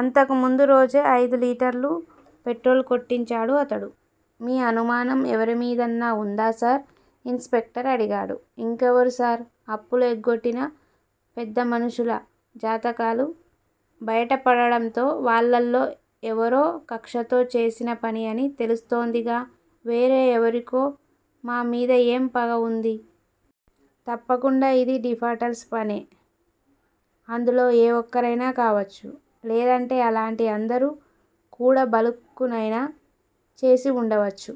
అంతకు ముందు రోజే అయిదు లీటర్ల పెట్రోలు కొట్టించాడు అతడు. మీ అనుమానం ఎవరిమీదన్నా వుందా సార్ ఇన్ స్పెక్టర్ అడిగాడు. ఇంకెవరు సార్ అప్పులు ఎగ్గొట్టిన పెద్దమనుషుల జాతకాలు బయటపడడంతో వాళ్లల్లో ఎవరో కక్షతో చేసిన పని అని తెలుస్తోందిగా వేరే ఎవరికో మా మీద ఏం పగ వుంది? తప్పకుండా ఇది డిఫాల్టర్స్ పనే అందులో ఏ ఒక్కరైనా కావచ్చు, లేదంటే అలాంటి అందరూ కూడబలుక్కునైనా చేసివుండవచ్చు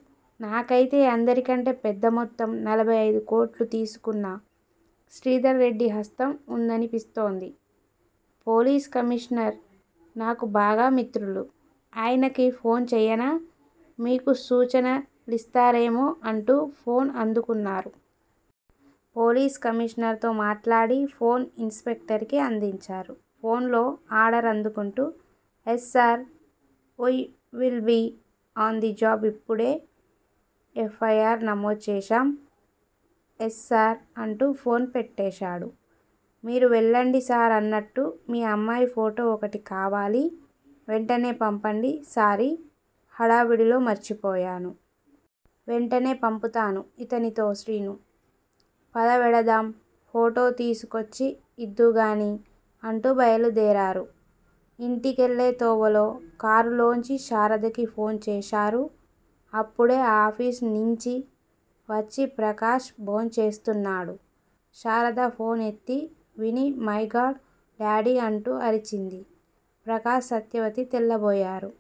నాకైతే అందరికంటే పెద్దమొత్తం నలభై ఐదుకోట్లు తీసుకున్న శ్రీధర్ రెడ్డి హస్తం వుందనిపిస్తోంది పోలీస్ కమీషనర్ నాకు బాగా మిత్రులు. ఆయనకి ఫోన్ చెయ్యనా మీకు సూచనలిస్తారేమో అంటూ ఫోన్ అందుకున్నారు. పోలీస్ కమీషనర్ తో మాట్లాడి ఫోన్ ఇన్ స్పెక్టర్ కి అందించారు. ఫోనులో ఆర్డర్ అందుకుంటూ yes sir we will be on the job ఇప్పుడే ఎఫ్. ఐ. ఆర్. నమోదు చేశాం. ఎస్ సార్ అంటూ ఫోన్ పెట్టేశాడు. మీరు వెళ్ళండి సార్ అన్నట్టు మీ అమ్మాయి ఫోటో ఒకటి కావాలి వెంటనే పంపండి సారీ, హడావిడిలో మర్చిపోయాను. వెంటనే పంపుతాను ఇతనితో శ్రీనూ, పద వెడదాం, ఫోటో తీసుకొచ్చి ఇద్దూగాని అంటూ బయలుదేరారు. ఇంటికెళ్ళే తోవలో కారులోంచి శారదకి ఫోను చేశారు. అప్పుడే ఆఫీసునించి వచ్చి ప్రకాష్ భోంచేస్తున్నాడు. శారద ఫోను ఎత్తి విని మైగాడ్ డాడీ అంటూ అరిచింది. ప్రకాష్ సత్యవతి తెల్లబోయారు.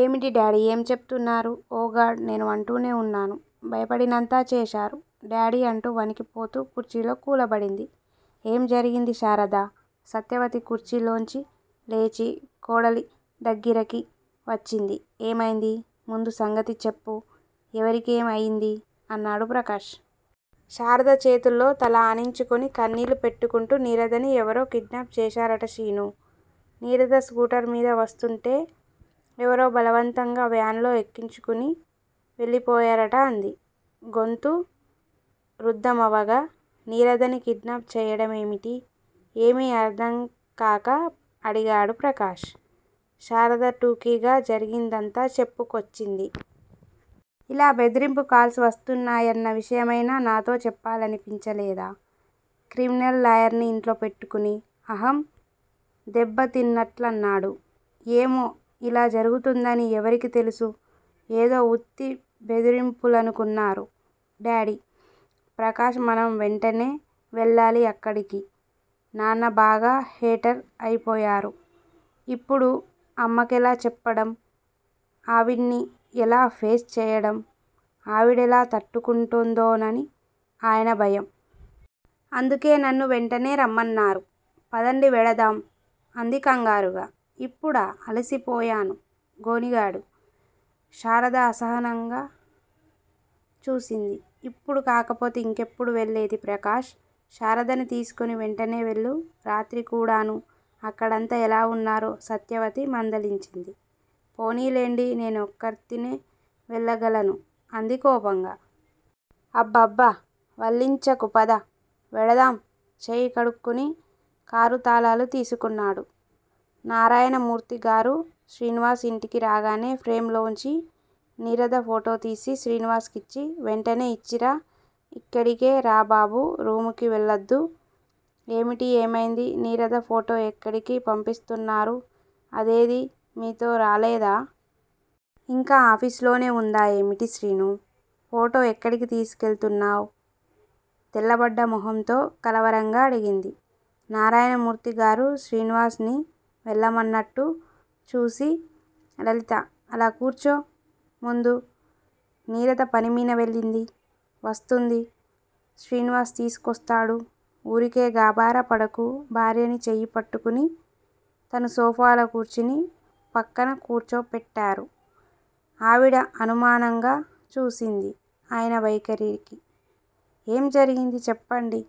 ఏమిటి డాడీ! ఏం చెప్తున్నారు? ఓ గాడ్ నేను అంటూనే వున్నాను. భయపడినంతా చేశారు. డాడీ అంటూ వణికిపోతూ కుర్చీలో కూలబడింది. ఏం జరిగింది శారదా! సత్యవతి కుర్చీలోంచి లేచి కోడలి దగ్గిరకి వచ్చింది. ఏమైంది? ముందు సంగతి చెప్పు. ఎవరికేం అయింది అన్నాడు ప్రకాష్. శారద చేతుల్లో తల ఆనించుకుని కన్నీళ్ళు పెట్టుకుంటూ నీరదని ఎవరో కిడ్నాప్ చేశారట శీనూ, నీరద స్కూటర్ మీద వస్తూంటే ఎవరో బలవంతంగా వ్యాన్ లో ఎక్కించుకుని వెళ్ళిపోయారట అంది గొంతు రుద్ధమవగా. నీరదని కిడ్నాప్ చెయ్యడం ఏమిటి? ఏమీ అర్థంకాక అడిగాడు ప్రకాష్. శారద టూకీగా జరిగిందంతా చెప్పుకొచ్చింది. ఇలా బెదిరింపు కాల్స్ వస్తున్నాయన్న విషయమైనా నాతో చెప్పాలనిపించలేదా? క్రిమినల్ లాయర్ ని ఇంట్లోపెట్టుకుని అహం దెబ్బతిన్నట్లన్నాడు. ఏమో! ఇలా జరుగుతుందని ఎవరికి తెలుసు? ఏదో ఉత్తి బెదిరింపులనుకున్నారు డాడీ ప్రకాష్ మనం వెంటనే వెళ్ళాలి అక్కడికి. నాన్న బాగా షేటర్ అయిపోయారు. ఇప్పుడు అమ్మకెలా చెప్పడం ఆవిణ్ణి ఎలా ఫేస్ చెయ్యడం, ఆవిడెలా తట్టుకుంటుందోనని ఆయన భయం. అందుకే నన్ను వెంటనే రమ్మన్నారు. పదండి వెడదాం అంది కంగారుగా. ఇప్పుడా! అలసిపోయాను గొణిగాడు. శారద అసహనంగా చూసింది. ఇప్పుడు కాకపోతే ఇంకెప్పుడు వెళ్ళేది ప్రకాష్! శారదని తీసుకుని వెంటనే వెళ్ళు రాత్రికూడాను అక్కడంతా ఎలా వున్నారో సత్యవతి మందలించింది. పోనీలెండి, నేను ఒక్కర్తినే వెళ్ళగలను అంది కోపంగా. అబ్బబ్బ వల్లించకుపద వెడదాం చేయి కడుక్కుని కారుతాళాలు తీసుకున్నాడు. నారాయణమూర్తిగారు, శ్రీనివాస్ ఇంటికి రాగానే ఫ్రేమ్ లోంచి నీరద ఫోటోతీసి శ్రీనివాస్ కిచ్చి వెంటనే ఇచ్చిరా, ఇక్కడికే రా బాబూ రూముకి వెళ్లద్దు. ఏమిటి ఏమైంది, నీరద ఫోటో ఎక్కడికి పంపిస్తున్నారు? అదేదీ మీతో రాలేదా? ఇంకా ఆఫీసులోనే వుందా ఏమిటి శ్రీనూ, ఫోటో ఎక్కడికి తీసుకెళుతున్నావు? తెల్లబడ్డ మొహంతో కలవరంగా అడిగింది. నారాయణమూర్తిగారు శ్రీనివాస్ ని వెళ్ళమన్నట్టు చూసి లలితా, అలా కూర్చో ముందు. నీరద పనిమీద వెళ్ళింది. వస్తుంది. శ్రీనివాస్ తీసుకొస్తాడు. ఊరికే గాభరా పడకు భార్యని చెయ్యిపట్టుకుని తను సోఫాలో కూర్చుని పక్కన కూర్చోపెట్టారు. ఆవిడ అనుమానంగా చూసింది ఆయన వైఖరికి. ఏం జరిగింది చెప్పండి